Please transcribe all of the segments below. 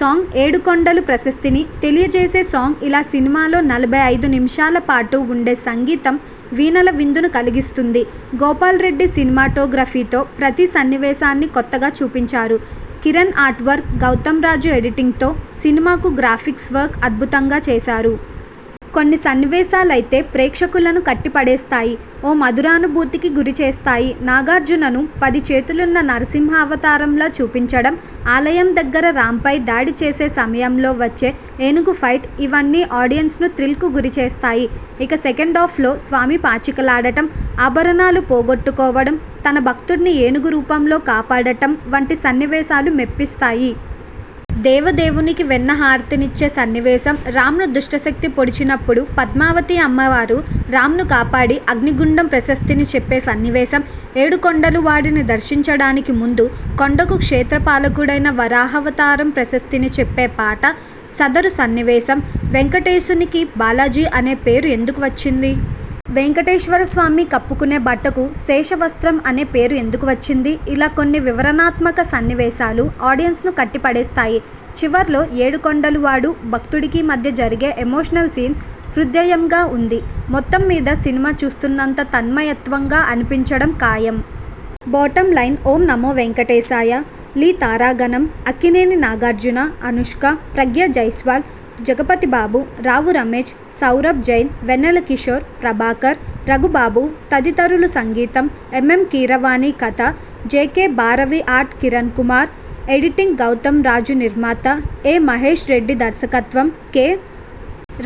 Song, ఏడు కొండలు ప్రశస్తిని తెలియజేసే సాంగ్ ఇలా సినిమాలో నలభై ఐదు నిమిషాల పాటు ఉండే సంగీతం వీనుల విందును కలిగిస్తుంది. గోపాల్ రెడ్డి సినిమాటోగ్రఫీతో ప్రతి సన్నివేశాన్ని కొత్తగా చూపించారు. Kiran art work, Gautamraju editing తో సినిమాకు గ్రాఫిక్స్ వర్క్ అద్భుతంగా చేశారు. కొన్ని సన్నివేశాలైతే ప్రేక్షకులను కట్టిపడేస్తాయి. ఓ మధురానుభూతికి గురి చేస్తాయి. నాగార్జునను పది చేతులున్న నరసింహావతారంలా చూపించడం, ఆలయం దగ్గర రాంపై దాడి చేసే సమయంలో వచ్చే ఏనుగు ఫైట్ ఇవన్నీ ఆడియెన్స్ను థ్రిల్కు గురి చేస్తాయి. ఇక సెకండాఫ్లో స్వామి పాచికలాడటం, అభరణాలు పోగోట్టుకోవడం, తన భక్తుడిని ఏనుగు రూపంలో కాపాడటం వంటి సన్నివేశాలు మెప్పిస్తాయి. దేవదేవునికి వెన్న హారతినిచ్చే సన్నివేశం, రాంను దుష్టశక్తి పొడిచినప్పుడు పద్మావతి అమ్మవారు రాంను కాపాడి అగ్నిగుండం ప్రశస్తిని చెప్పే సన్నివేశం, ఏడు కొండలు వాడిని దర్శించడానికి ముందు కొండకు క్షేత్రపాలకుడైన వరాహవతారం ప్రశస్తిని చెప్పే పాట, సదరు సన్నివేశం. వెంకటేశునికి బాలాజీ అనే పేరు ఎందుకు వచ్చింది. వెంకటేశ్వరస్వామి కప్పుకునే బట్టకు శేష వస్త్రం అనే పేరు ఎందుకు వచ్చింది ఇలా కొన్ని వివరణాత్మక సన్నివేశాలు ఆడియెన్స్ను కట్టి పడేస్తాయి. చివర్లో ఏడు కొండలు వాడు, భక్తుడికి మధ్య జరిగే ఎమోషనల్ సీన్స్ హృద్యయంగా ఉంది. మొత్తం మీద సినిమా చూస్తున్నంత తన్మయత్వంగా అనిపించడం ఖాయం. బోటమ్ లైన్ ఓం నమో వేంకటేశాయ.. లి. తారాగణం అక్కినేని నాగార్జున, అనుష్క, ప్రగ్యా జైశ్వాల్, జగపతిబాబు, రావు రమేష్, సౌరభ్ జైన్, వెన్నెల కిషోర్, ప్రభాకర్, రఘుబాబు తదితరులుసంగీతం ఎం. ఎం. కీరవాణికథ J. K. Bharavi art Kirankumar editing గౌతంరాజునిర్మాత ఎ. మహేష్ రెడ్డిదర్శకత్వం కె.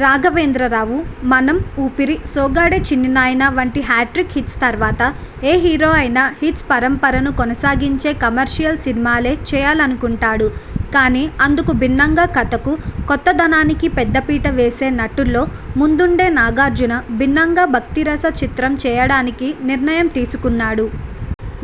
రాఘవేంద్రరావు మనం, ఊపిరి, సోగ్గాడే చిన్నినాయనా వంటి హ్యాట్రిక్ హిట్స్ తర్వాత ఏ హీరో అయినా హిట్స్ పరంపరను కొనసాగించే కమర్షియల్ సినిమాలే చేయాలనుకుంటాడు. కానీ అందుకు భిన్నంగా కథకు, కొత్తదనానికి పెద్దపీట వేసే నటుల్లో ముందుండే నాగార్జున భిన్నంగా భక్తిరస చిత్రం చేయడానికి నిర్ణయం తీసుకున్నాడు.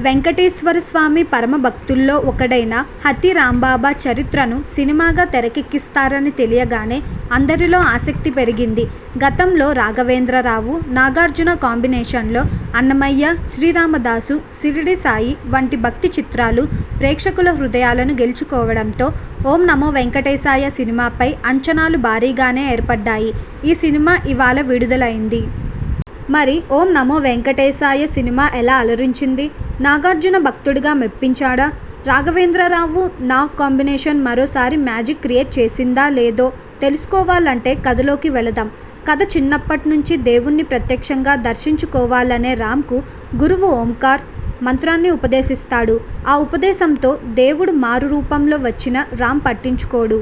వెంకటేశ్వర స్వామి పరమభక్తుల్లో ఒకడైన హథీరాంబాబా చరిత్రను సినిమాగా తెరకెక్కిస్తారని తెలియగానే అందరిలో ఆసక్తి పెరిగింది. గతంలో రాఘవేంద్రరావు, నాగార్జున కాంబినేషన్లో అన్నమయ్య, శ్రీరామదాసు, శిరిడీసాయి వంటి భక్తి చిత్రాలు ప్రేక్షకుల హృదయాలను గెలుచుకోవడంతో ఓం నమో వేంకటేశాయ సినిమాపై అంచనాలు భారీగానే ఏర్పడ్డాయి. ఈ సినిమా ఇవాళ విడుదలైంది. మరి ఓం నమోవేంకటేశాయ సినిమా ఎలా అలరించింది? నాగార్జున భక్తుడుగా మెప్పించాడా? రాఘవేంద్రరావు, నాగ్ కాంబినేషన్ మరోసారి మ్యాజిక్ క్రియేట్ చేసిందా లేదో తెలుసుకోవాలంటే కథలోకి వెళదాంకథ చిన్నప్పట్నుంచి దేవుణ్ణి ప్రత్యక్షంగా దర్శించాలనుకునే రాంకు గురువు ఓంకార మంత్రాన్ని ఉపదేశిస్తాడు. ఆ ఉపదేశంతో దేవుడు మారు రూపంలో వచ్చినా రాం పట్టించుకోడు.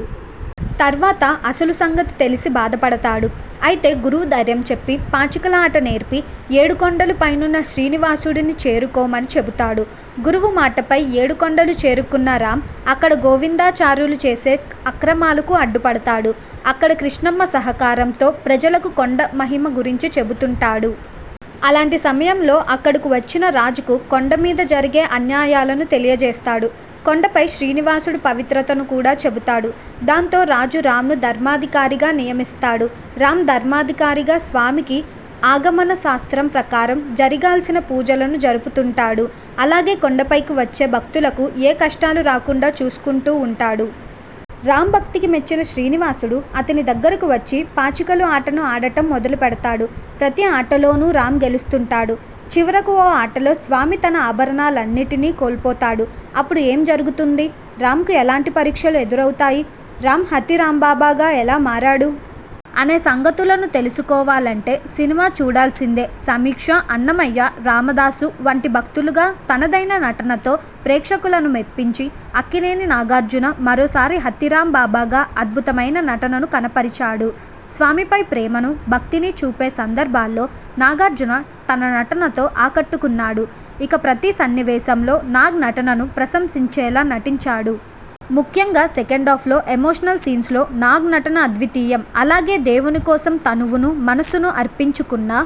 తర్వాత అసలు సంగతి తెలిసి బాధపడతాడు. అయితే గురువు ధైర్యం చెప్పి, పాచికల ఆట నేర్పి, ఏడు కొండలు పైనున్న శ్రీనివాసుడిని చేరుకోమని చెబుతాడు. గురువు మాటపై ఏడు కొండలు చేరుకున్న రాం అక్కడ గోవిందాచార్యులు చేసే అక్రమాలకు అడ్డుపడతాడు. అక్కడ కృష్ణమ్మ సహకారంతో ప్రజలకు కొండ మహిమ గురించి చెబుతుంటాడు. అలాంటి సమయంలో అక్కడకు వచ్చిన రాజుకు కొండ మీద జరిగే అన్యాయాలను తెలియజేస్తాడు. కొండపై శ్రీనివాసుడు పవిత్రతను కూడా చెబుతాడు. దాంతో రాజు రాంను ధర్మాధికారిగా నియమిస్తాడు. రాం ధర్మాధికారిగా స్వామికి ఆగమన శాస్త్రం ప్రకారం జరిగాల్సిన పూజలను జరుపుతుంటాడు. అలాగే కొండపైకి వచ్చే భక్తులకు ఏ కష్టాలు రాకుండా చూసుకుంటూ ఉంటాడు. రాం భక్తకి మెచ్చిన శ్రీనివాసుడు, అతని దగ్గరకు వచ్చి పాచికలు ఆటను ఆడటం మొదలుపెడతాడు. ప్రతి ఆటలోనూ రాం గెలుస్తుంటాడు. చివరకు ఓ ఆటలో స్వామి తన ఆభరణాలన్నింటినీ కోల్పోతాడు. అప్పుడు ఏం జరుగుతుంది? రాంకు ఎలాంటి పరీక్షలు ఎదురవుతాయి? రాం హథీరాంబాబాగా ఎలా మారాడు? అనే సంగతులను తెలుసుకోవాలంటే సినిమా చూడాల్సిందేసమీక్ష అన్నమయ్య, రామదాసు వంటి భక్తులుగా తనదైన నటనతో ప్రేక్షకులను మెప్పించిన అక్కినేని నాగార్జున మరోసారి హథీరాం బాబాగా అద్భుతమైన నటనను కనపరిచాడు. స్వామిపై ప్రేమను, భక్తిని చూపే సందర్భాల్లో నాగార్జున తన నటనతో ఆకట్టుకున్నాడు. ఇక ప్రతి సన్నివేశంలో నాగ్ నటనను ప్రశంశించేలా నటించాడు. ముఖ్యంగా సెకండాఫ్లో ఎమోషనల్ సీన్స్లోనాగ్ నటన అద్వితీయం. అలాగే దేవుని కోసం తనువును, మనసును అర్పించుకున్న